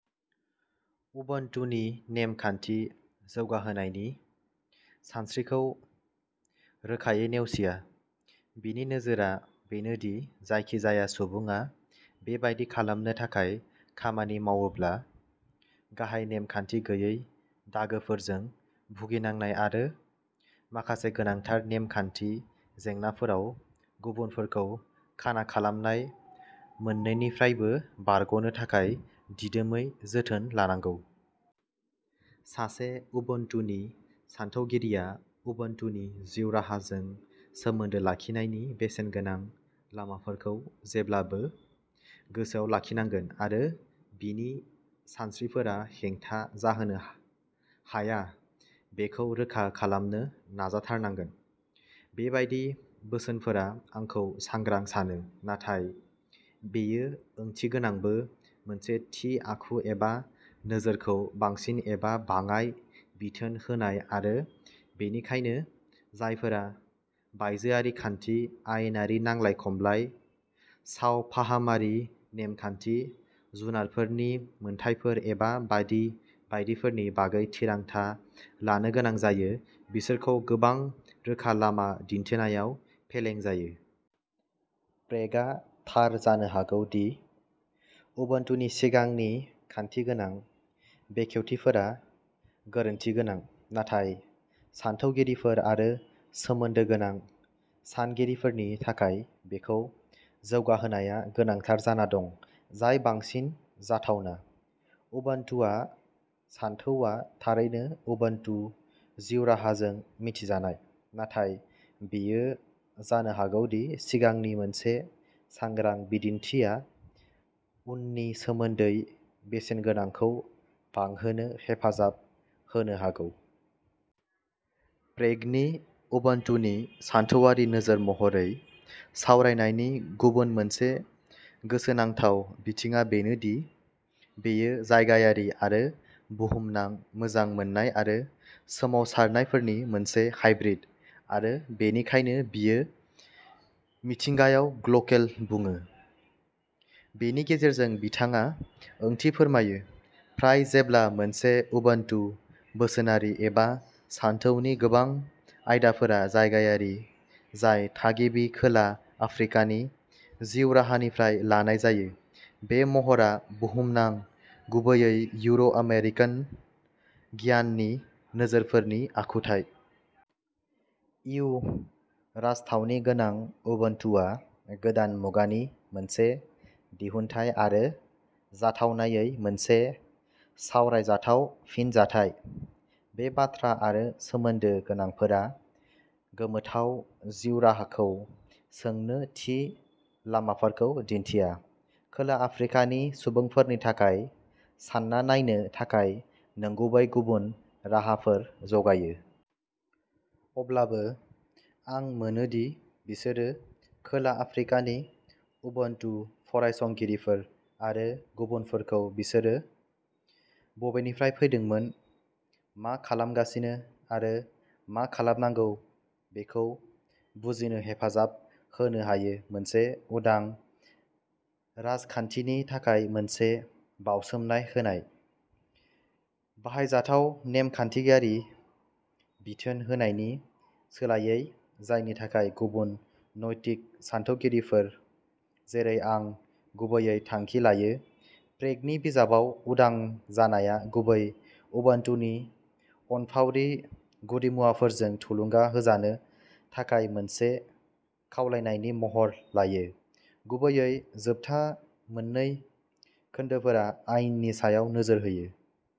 उबुन्टुनि नेम खान्थि जौगाहोनायनि सानस्रिखौ रोखायै नेवसिया। बिनि नोजोरआ बेनो दि जायखिजाया सुबुङा बेबादि खालामनो थाखाय खामानि मावोब्ला गाहाय नेमखान्थि गैयै दागोफोरजों भुगिनांनाय आरो माखासे गोनांथार नेमखान्थि जेंनाफोराव गुबुनफोरखौ खाना खालामनाय मोननैनिफ्रायबो बारग'नो थाखाय दिदोमै जोथोन लानांगौ। सासे उबुन्टुनि सानथौगिरिया उबुन्टुनि जिउ राहाजों सोमोन्दो लाखिनायनि बेसेनगोनां लामाफोरखौ जेब्लाबो गोसोआव लाखिनांगोन आरो बिनि सानस्रिफोरा हेंथा जाहोनो हाया बेखौ रोखा खालामनो नाजाथारनांगोन। बेबादि बोसोनफोरा आंखौ सांग्रां सानो। नाथाय बेयो ओंथिगोनांबो, मोनसे थि आखु एबा नोजोरखौ बांसिन एबा बाङाय बिथोन होनाय आरो बेनिखायनो जायफोरा बायजोआरि खान्थि, आयेनारि नांलाय खमलाय, सावफाहामारि नेमखान्थि, जुनारफोरनि मोनथायफोर एबा बायदि बायदिफोरनि बागै थिरांथा लानो गोनां जायो, बिसोरखौ गोबां रोखा लामा दिन्थिनायाव फेलें जायो। प्रेगआ थार जानो हागौ दि उबुन्टुनि सिगांनि खान्थिगोनां बेखेवथिफोरा गोरोन्थि गोनां, नाथाय सानथौगिरिफोर आरो सोमोन्दो गोनां सानगिरिफोरनि थाखाय बेखौ जौगाहोनाया गोनांथार जाना दं जाय बांसिन जाथावना। उबुन्टुआ सानथौआ थारैनो उबुन्टु जिउ-राहाजों मिथिजानाय, नाथाय बेयो जानो हागौ दि सिगांनि मोनसे सांग्रा बिदिन्थिआ उननि सोमोन्दै बेसेनगोनांखौ बांहोनो हेफाजाब होनो हागौ। प्रेगनि उबुन्टुनि सानथौआरि नोजोर महरै सावरायनायनि गुबुन मोनसे गोसोनांथाव बिथिंआ बेनो दि बेयो जायगायारि आरो बुहुमनां मोजां मोननाय आरो सोमावसारनायफोरनि मोनसे हाइब्रिद आरो बेनिखायनो बियो मिथिंगायाव "ग्ल'केल" बुङो। बेनि गेजेरजों बिथाङा ओंथि फोरमायो, फ्राय जेब्ला मोनसे उबुन्टु बोसोनारि एबा सानथौनि गोबां आयदाफोरा जायगायारि, जाय थागिबि खोला आफ्रिकानि जिउ-राहानिफ्राय लानाय जायो, बे महरआ बुहुमनां, गुबैयै इउर' आमेरिकान गियाननि नोजोरफोरनि आखुथाय। "इउ" राजथावनि गोनां उबुन्टुआ गोदान मुगानि मोनसे दिहुनथाय आरो जाथावनायै मोनसे सावरायजाथाव फिनजाथाय। बे बाथ्रा आरो सोमोन्दो गोनांफोरा गोमोथाव जिउ राहाखौ सोंनो थि लामाफोरखौ दिन्थिया, खोला आफ्रिकानि सुबुंफोरनि थाखाय सानना नायनो थाखाय नंगुबै गुबुन राहाफोर जगायो। अब्लाबो, आं मोनो दि बिसोरो खोला आफ्रिकानि उबुन्टु फरायसंगिरिफोर आरो गुबुनफोरखौ बिसोर बबेनिफ्राय फैदोंमोन, मा खालामगासिनो आरो मा खालामनांगौ बेखौ बुजिनो हेफाजाब होनो हायो मोनसे उदां राजखान्थिनि थाखाय मोनसे बाउसोमनाय होनाय। बाहायजाथाव, नेमखान्थिारि बिथोन होनायनि सोलायै, जायनि थाखाय गुबुन नैतिक सानथौगिरिफोर, जेरै आं, गुबैयै थांखि लायो, प्रेगनि बिजाबाव उदां जानाया गुबैयै उबुन्टुनि अनफावरि गुदिमुवाफोरजों थुलुंगा होजानो थाखाय मोनसे खावलायनायनि महर लायो। गुबैयै, जोबथा मोन्नै खोन्दोफोरा आयेननि सायाव नोजोर होयो।